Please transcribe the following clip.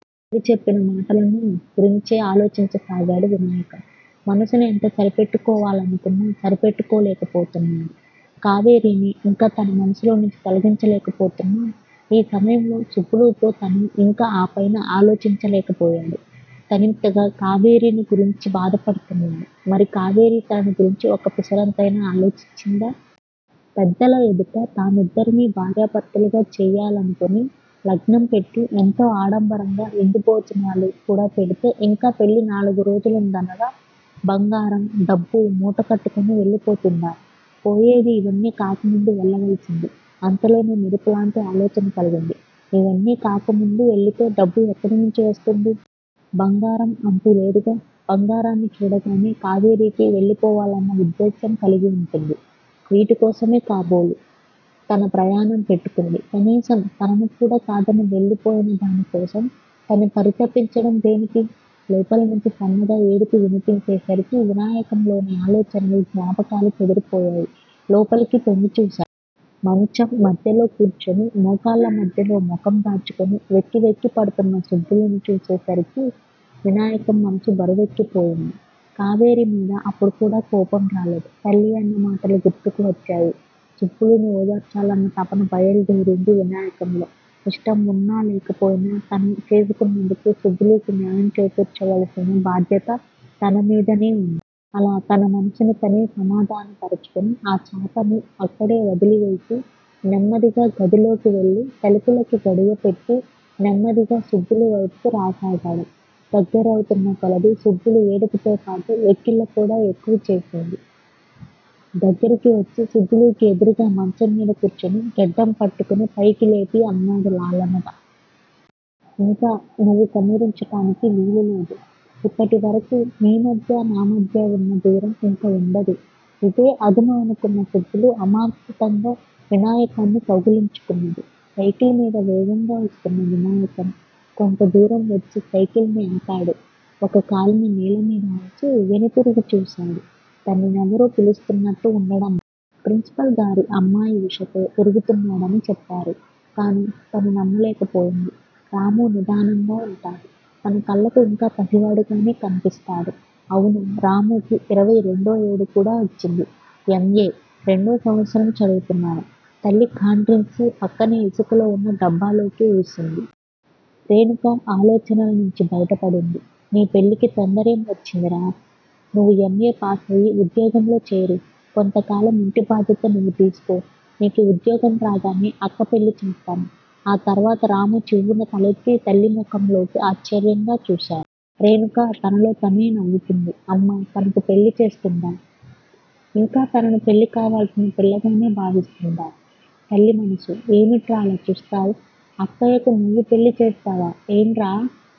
తల్లి చెప్పిన మాటలను గురించే ఆలోచించసాగాడు వినాయక! మనసుని ఎంత సరిపెట్టుకోవాలనుకున్నా సరిపెట్టుకోలేకపోతున్నాడు. కావేరీని యింకా తన మనసులో నుంచి తొలగించుకోలేకపోతున్న ఈ సమయంలో సుబ్బులుతో తను! యింక ఆపైన ఆలోచించలేకపోయాడు. తనిమ్తగా కావేరిని గురించి బాధపడుతున్నాడు. మరి కావేరి తనను గురించి ఒక్క పిసరంతయినా ఆలోచించిందా? పెద్దల ఎదుట తామిద్దరినీ భార్యాభర్తలుగా చేయాలనుకుని లగ్నంపెట్టి, ఎంతో ఆడంబరంగా విందు భోజనాలు కూడా పెడితే యింకా పెళ్ళి నాలుగురోజులుందనగా బంగారం డబ్బూ మూట కట్టుకుని వెళ్ళిపోతుందా? పోయేది యివన్నీ కాకముందే వెళ్ళవలసింది. అంతలోనే మెరుపులాంటి ఆలోచన కలిగింది. ఇవన్నీ కాకముందు వెళ్ళితే డబ్బు ఎక్కడనుంచి వస్తుంది? బంగారం అంటూ లేదుగా? బంగారాన్ని చూడగానే కావేరీకి వెళ్ళిపోవాలన్న ఉద్దేశ్యం కలిగి వుంటుంది. వీటికోసమే కాబోలు తన ప్రయాణం పెట్టుకుంది. కనీసం తనను కూడా కాదని వెళ్ళిపోయినా దానికోసం తను పరితపించటం దేనికి? లోపలనుంచి సన్నగా ఏడుపు వినిపించేసరికి వినాయకంలోని ఆలోచనలు జ్ఞాపకాలు చెదిరిపోయాయి. లోపలికి తొంగిచూశా మంచం మధ్యలో కూర్చుని మోకాళ్ళ మధ్యలో ముఖం దాచుకుని వెక్కి వెక్కి పడుతున్న సుబ్బులుని చూసేసరికి వినాయకం మనసు బరువెక్కిపోయింది. కావేరీమీద అప్పుడు కూడా కోపం రాలేదు! తల్లి అన్న మాటలు గుర్తుకు వచ్చాయి సుబ్బులుని ఓదార్చాలన్న తపన బయలుదేరింది వినాయకంలో! ఇష్టం వున్నా లేకపోయినా తను చేసుకున్నందుకు సుబ్బులుకి న్యాయం చేకూర్చవలసిన బాధ్యత తనమీదనే వుంది! అలా తన మనసుని తనే సమాధాన పరచుకుని ఆ చాపని అక్కడే వదిలివేసి నెమ్మదిగా గదిలోకి వెళ్ళి తలుపులకి గడియపెట్టి నెమ్మదిగా సుబ్బులు వైపుకి రాసాగాడు. దగ్గరవుతున్న కొలదీ సుబ్బులు ఏడుపుతోపాటు వెక్కిళ్ళు కూడా ఎక్కువ చేసింది. దగ్గరకు వచ్చి సుబ్బులుకి ఎదురుగా మంచంమీద కూర్చుని గెడ్డం పట్టుకుని పైకి లేపి అన్నాడు లాలనగ! ఇంకా నువ్వు కన్నీరుంచటానికి వీలులేదు! యిప్పటి వరకూ నీ మధ్యా నా మధ్యా వున్న దూరం యింక వుండదు! ఇదే అదను అనుకున్న సుబ్బులు అమాంతంగా వినాయకాన్ని కౌగిలించుకున్నది! సైకిల్ మీద వేగంగా వస్తున్న వినాయకం కొంతదూరం వచ్చి సైకిల్ ని ఆపాడు. ఒక కాలిని నేలమీద ఆన్చి వెనుతిరిగి చూశాడు, తన నెవరో పిలుస్తున్నట్టు వుండటం ప్రిన్స్ పాల్ గారి అమ్మాయి ఉషతో తిరుగుతున్నాడని చెప్పారు. కాని తను నమ్మలేకపోయింది. రాము నిదానంగా ఉంటాడు. తన కళ్ళకు ఇంకా పసివాడిగానే కన్పిస్తాడు. అవును! రాముకు ఇరవై రెండోఏడు కూడా వచ్చింది. ఎం. ఏ. రెండో సంవత్సరం చదువుతున్నాడు. తల్లి ఖాండ్రించి పక్కనే ఇసుకలో ఉన్న డబ్బాలోకి ఊసింది. రేణుక ఆలోచనల నుంచి బయటపడింది. నీ పెళ్ళికి తొందరేం వచ్చిందిరా! నువ్వు ఎం. ఏ. పాసయి ఉద్యోగంలో చేరు. కొంతకాలం ఇంటి బాధ్యత నువ్వు తీసుకో. నీకు ఉద్యోగం రాగానే అక్క పెళ్లి చేస్తాను. ఆ తర్వాత రాము చివ్వున తలెత్తి తల్లి ముఖంలోకి ఆశ్చర్యంగా చూశా రేణుక తనలో తనే నవ్వుకుంది. అమ్మ తనకు పెళ్ళి చేస్తుందా? ఇంకా తనను పెళ్ళికావాల్సిన పిల్లగానే భావిస్తుందా? తల్లి మనసు! ఏమిట్రా అలా చూస్తావ్? అక్కయ్యకు నువ్వు పెళ్ళి చేస్తావా? ఏంరా!